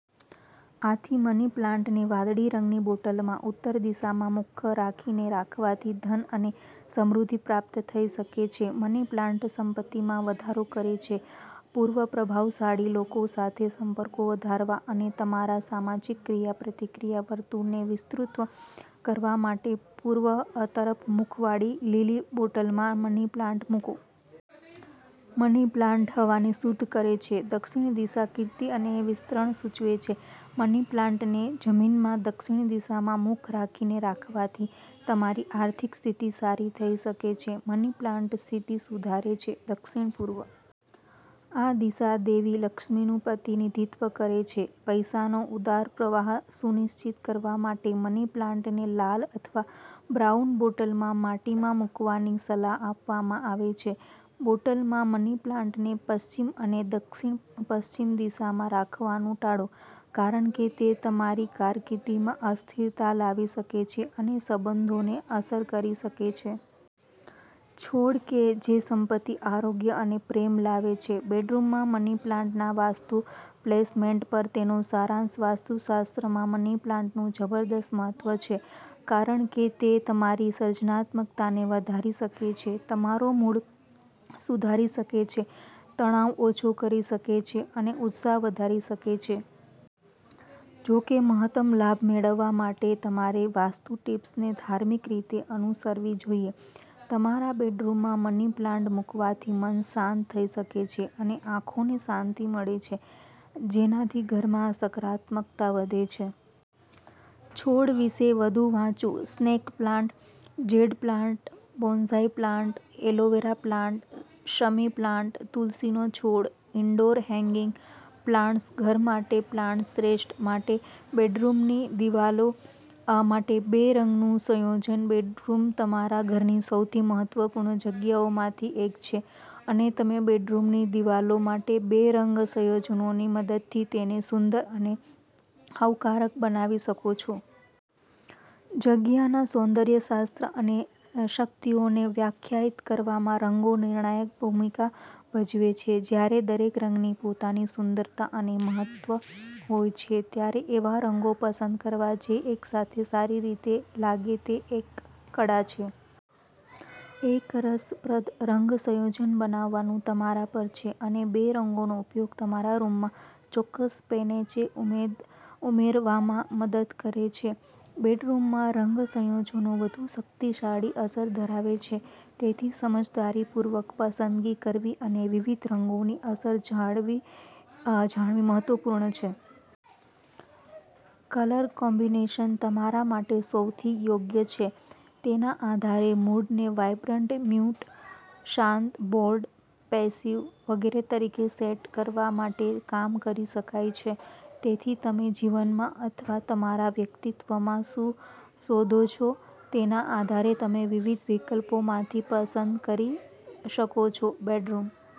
આથી મની પ્લાન્ટને વાદળી રંગની બોટલમાં ઉત્તર દિશામાં મુખ રાખીને રાખવાથી ધન અને સમૃદ્ધિ પ્રાપ્ત થઈ શકે છે. મની પ્લાન્ટ સંપત્તિમાં વધારો કરે છે .પૂર્વપ્રભાવશાળી લોકો સાથે સંપર્કો વધારવા અને તમારા સામાજિક ક્રિયાપ્રતિક્રિયા વર્તુળને વિસ્તૃત કરવા માટે પૂર્વ તરફ મુખવાળી લીલી બોટલમાં મની પ્લાન્ટ મૂકો. મની પ્લાન્ટ હવાને શુદ્ધ કરે છે. દક્ષિણ દિશા કીર્તિ અને વિસ્તરણ સૂચવે છે. મની પ્લાન્ટને જમીનમાં દક્ષિણ દિશામાં મુખ રાખીને રાખવાથી તમારી આર્થિક સ્થિતિ સારી થઈ શકે છે. મની પ્લાન્ટ સ્થિતિ સુધારે છે .દક્ષિણ-પૂર્વ આ દિશા દેવી લક્ષ્મીનું પ્રતિનિધિત્વ કરે છે. પૈસાનો ઉદાર પ્રવાહ સુનિશ્ચિત કરવા માટે મની પ્લાન્ટને લાલ અથવા બ્રાઉન બોટલમાં માટીમાં મૂકવાની સલાહ આપવામાં આવે છે. બોટલમાં મની પ્લાન્ટને પશ્ચિમ અને દક્ષિણ-પશ્ચિમ દિશામાં રાખવાનું ટાળો, કારણ કે તે તમારી કારકિર્દીમાં અસ્થિરતા લાવી શકે છે અને સંબંધોને અસર કરી શકે છે. છોડ કે જે સંપત્તિ, આરોગ્ય અને પ્રેમ લાવે છે .બેડરૂમમાં મની પ્લાન્ટના વાસ્તુ પ્લેસમેન્ટ પર તેનો સારાંશ, વાસ્તુશાસ્ત્રમાં મની પ્લાન્ટનું જબરદસ્ત મહત્વ છે, કારણ કે તે તમારી સર્જનાત્મકતાને વધારી શકે છે, તમારો મૂડ સુધારી શકે છે, તણાવ ઓછો કરી શકે છે અને ઉત્સાહ વધારી શકે છે. જો કે, મહત્તમ લાભ મેળવવા માટે તમારે વાસ્તુ ટીપ્સને ધાર્મિક રીતે અનુસરવી જોઈએ. તમારા બેડરૂમમાં મની પ્લાન્ટ મૂકવાથી મન શાંત થઈ શકે છે અને આંખોને શાંતી મળે છે, જેનાથી ઘરમાં સકારાત્મકતા વધે છે. છોડ વિશે વધુ વાંચો snake plant, jade plant ,bonsai plant, aloe vera plant, શમી પ્લાન્ટ ,તુલસીનો છોડ ,ઇન્ડોર હેંગિંગ પ્લાન્ટ્સ ઘર માટે પ્લાન્ટ શ્રેષ્ઠ. માટે બેડરૂમની દિવાલો માટે બે રંગનું સંયોજન, બેડરૂમતમારા ઘરની સૌથી મહત્વપૂર્ણ જગ્યાઓમાંથી એક છે અને તમે બેડરૂમની દિવાલો માટે બે રંગ સંયોજનોની મદદથી તેને સુંદર અને આવકારદાયક બનાવી શકો છો. જગ્યાના સૌંદર્ય શાસ્ત્ર અને શક્તિઓને વ્યાખ્યાયિત કરવામાં રંગો નિર્ણાયક ભૂમિકા ભજવે છે. જ્યારે દરેક રંગની પોતાની સુંદરતા અને મહત્વ હોય છે, ત્યારે એવા રંગો પસંદ કરવા જે એકસાથે સારી રીતે લાગે તે એક કળા છે. એક રસપ્રદ રંગ સંયોજન બનાવવાનું તમારા પર છે, અને બે રંગોનો ઉપયોગ તમારા રૂમમાં ચોક્કસ પેનેચે ઉમેરવામાં મદદ કરે છે. બેડરૂમમાં રંગ સંયોજનો વધુ શક્તિશાળી અસર ધરાવે છે, તેથી સમજદારીપૂર્વક પસંદગી કરવી અને વિવિધ રંગોની અસર જાણવી મહત્વપૂર્ણ છે. કલર કોમ્બિનેશન તમારા માટે સૌથી યોગ્ય છે તેના આધારે મૂડને વાઇબ્રન્ટ, મ્યૂટ, શાંત, બોલ્ડ, પેસિવ વગેરે તરીકે સેટ કરવા માટે કામ કરી શકાય છે. તેથી, તમે જીવનમાં અથવા તમારા વ્યક્તિત્વમાં શું શોધો છો તેના આધારે, તમે વિવિધ વિકલ્પોમાંથી પસંદ કરી શકો છો. બેડરૂમ